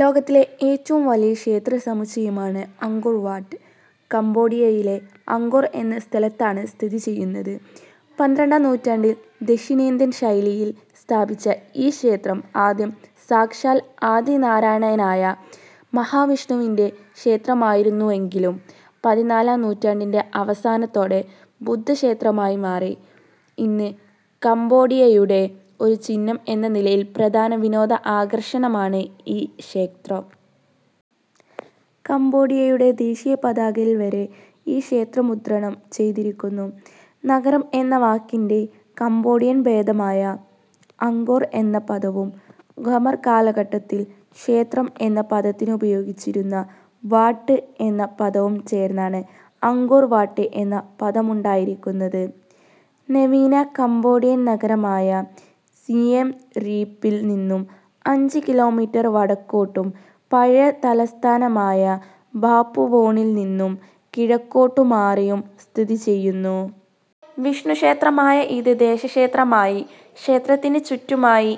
ലോകത്തിലെ ഏറ്റവും വലിയ ക്ഷേത്ര സമുച്ചയമാണ് അങ്കോർ വാട്ട്. കമ്പോഡിയയിലെ അങ്കോർ എന്ന സ്ഥലത്താണിത് സ്ഥിതി ചെയ്യുന്നത്. പന്ത്രണ്ടാം നൂറ്റാണ്ടിൽ ദക്ഷിണേന്ത്യൻ ശൈലിയിൽ സ്ഥാപിച്ച ഈ ക്ഷേത്രം ആദ്യം സാക്ഷാൽ ആദി നാരായണനായ മഹാവിഷ്ണുവിന്റെ ക്ഷേത്രമായിരുന്നെങ്കിലും പതിനാലാം നൂറ്റാണ്ടിന്റെ അവസാനത്തോടെ ബുദ്ധക്ഷേത്രമായി മാറി. ഇന്ന് കമ്പോഡിയയുടെ ഒരു ചിഹ്നം എന്ന നിലയിൽ പ്രധാന വിനോദ ആകർഷണമാണ് ഈ ക്ഷേത്രം. കമ്പോഡിയയുടെ ദേശീയപതാകയിൽ വരെ ഈ ക്ഷേത്രം മുദ്രണം ചെയ്തിരിക്കുന്നു.. നഗരം എന്ന വാക്കിന്റെ കമ്പോഡിയൻ ഭേദമായ അങ്കോർ എന്ന പദവും ഖെമർ കാലഘട്ടത്തിൽ ക്ഷേത്രം എന്ന പദത്തിനുപയോഗിച്ചിരുന്ന വാട്ട് എന്ന പദവും ചേർന്നാണ് അങ്കോർ വാട്ട് എന്ന പദമുണ്ടായിരിക്കുന്നത്. നവീന കമ്പോഡിയൻ നഗരമായ സിയെം റീപ്പിൽ നിന്നും അഞ്ച് കിലോമീറ്റർ വടക്കോട്ടും പഴയ തലസ്ഥനമായ ബാപ്പുവോണിൽ നിന്നും കിഴക്കോട്ടു മാറിയും സ്ഥിതി ചെയ്യുന്നു. വിഷ്ണുക്ഷേത്രമായ ഇത് ദേശക്ഷേത്രമായി. ക്ഷേത്രത്തിനു ചുറ്റുമായി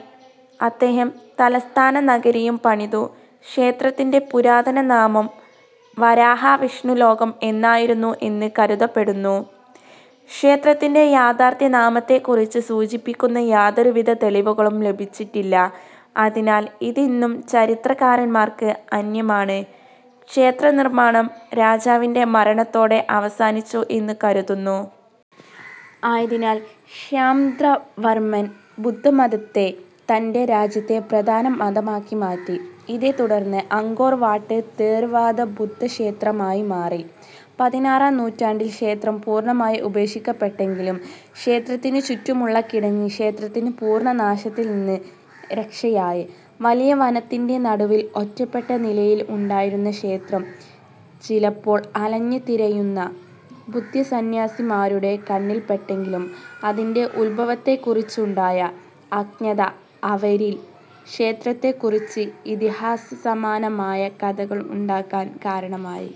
അദ്ദേഹം തലസ്ഥാനനഗരിയും പണിതു. ക്ഷേത്രത്തിന്റെ പുരാതന നാമം വരാഹ വിഷ്ണുലോകം എന്നായിരുന്നു എന്ന് കരുതപ്പെടുന്നു. ക്ഷേത്രത്തിന്റെ യഥാർത്ഥ നാമത്തെക്കുറിച്ച് സൂചിപ്പിക്കുന്ന യാതൊരുവിധ തെളിവുകളും ലഭിച്ചിട്ടില്ല. അതിനാൽ ഇതിന്നും ചരിത്രകാരന്മാർക്ക് അന്യമാണ്. ക്ഷേത്രനിർമ്മാണം രാജാവിന്റെ മരണത്തോടെ അവസാനിച്ചു എന്നു കരുതുന്നു. ആയതിനാൽ ശൃംന്ദ്രവർമ്മൻ ബുദ്ധമതത്തെ തന്റെ രാജ്യത്തെ പ്രധാന മതമാക്കി മാറ്റി. ഇതേത്തുടർന്ന് അങ്കോർ വാട്ട് തേർവാദ ബുദ്ധക്ഷേത്രമായി മാറി. പതിനാറാം നൂറ്റാണ്ടിൽ ക്ഷേത്രം പൂർണ്ണമായി ഉപേക്ഷിക്കപ്പെട്ടെങ്കിലും ക്ഷേത്രത്തിനു ചുറ്റുമുള്ള കിടങ്ങ് ക്ഷേത്രത്തിന് പൂർണ്ണനാശത്തിൽ നിന്നു രക്ഷയായി. വലിയ വനത്തിന്റെ നടുവിൽ ഒറ്റപ്പെട്ട നിലയിൽ ഉണ്ടായിരുന്ന ക്ഷേത്രം ചിലപ്പോൾ അലഞ്ഞുതിരിയുന്ന ബുദ്ധസന്യാസിമാരുടെ കണ്ണിൽ പെട്ടെങ്കിലും അതിന്റെ ഉത്ഭവത്തെക്കുറിച്ച് ഉണ്ടായ അജ്ഞത അവരിൽ ക്ഷേത്രത്തെക്കുറിച്ച് ഇതിഹാസസമാനമായ കഥകൾ ഉണ്ടാകാൻ കാരണമായി.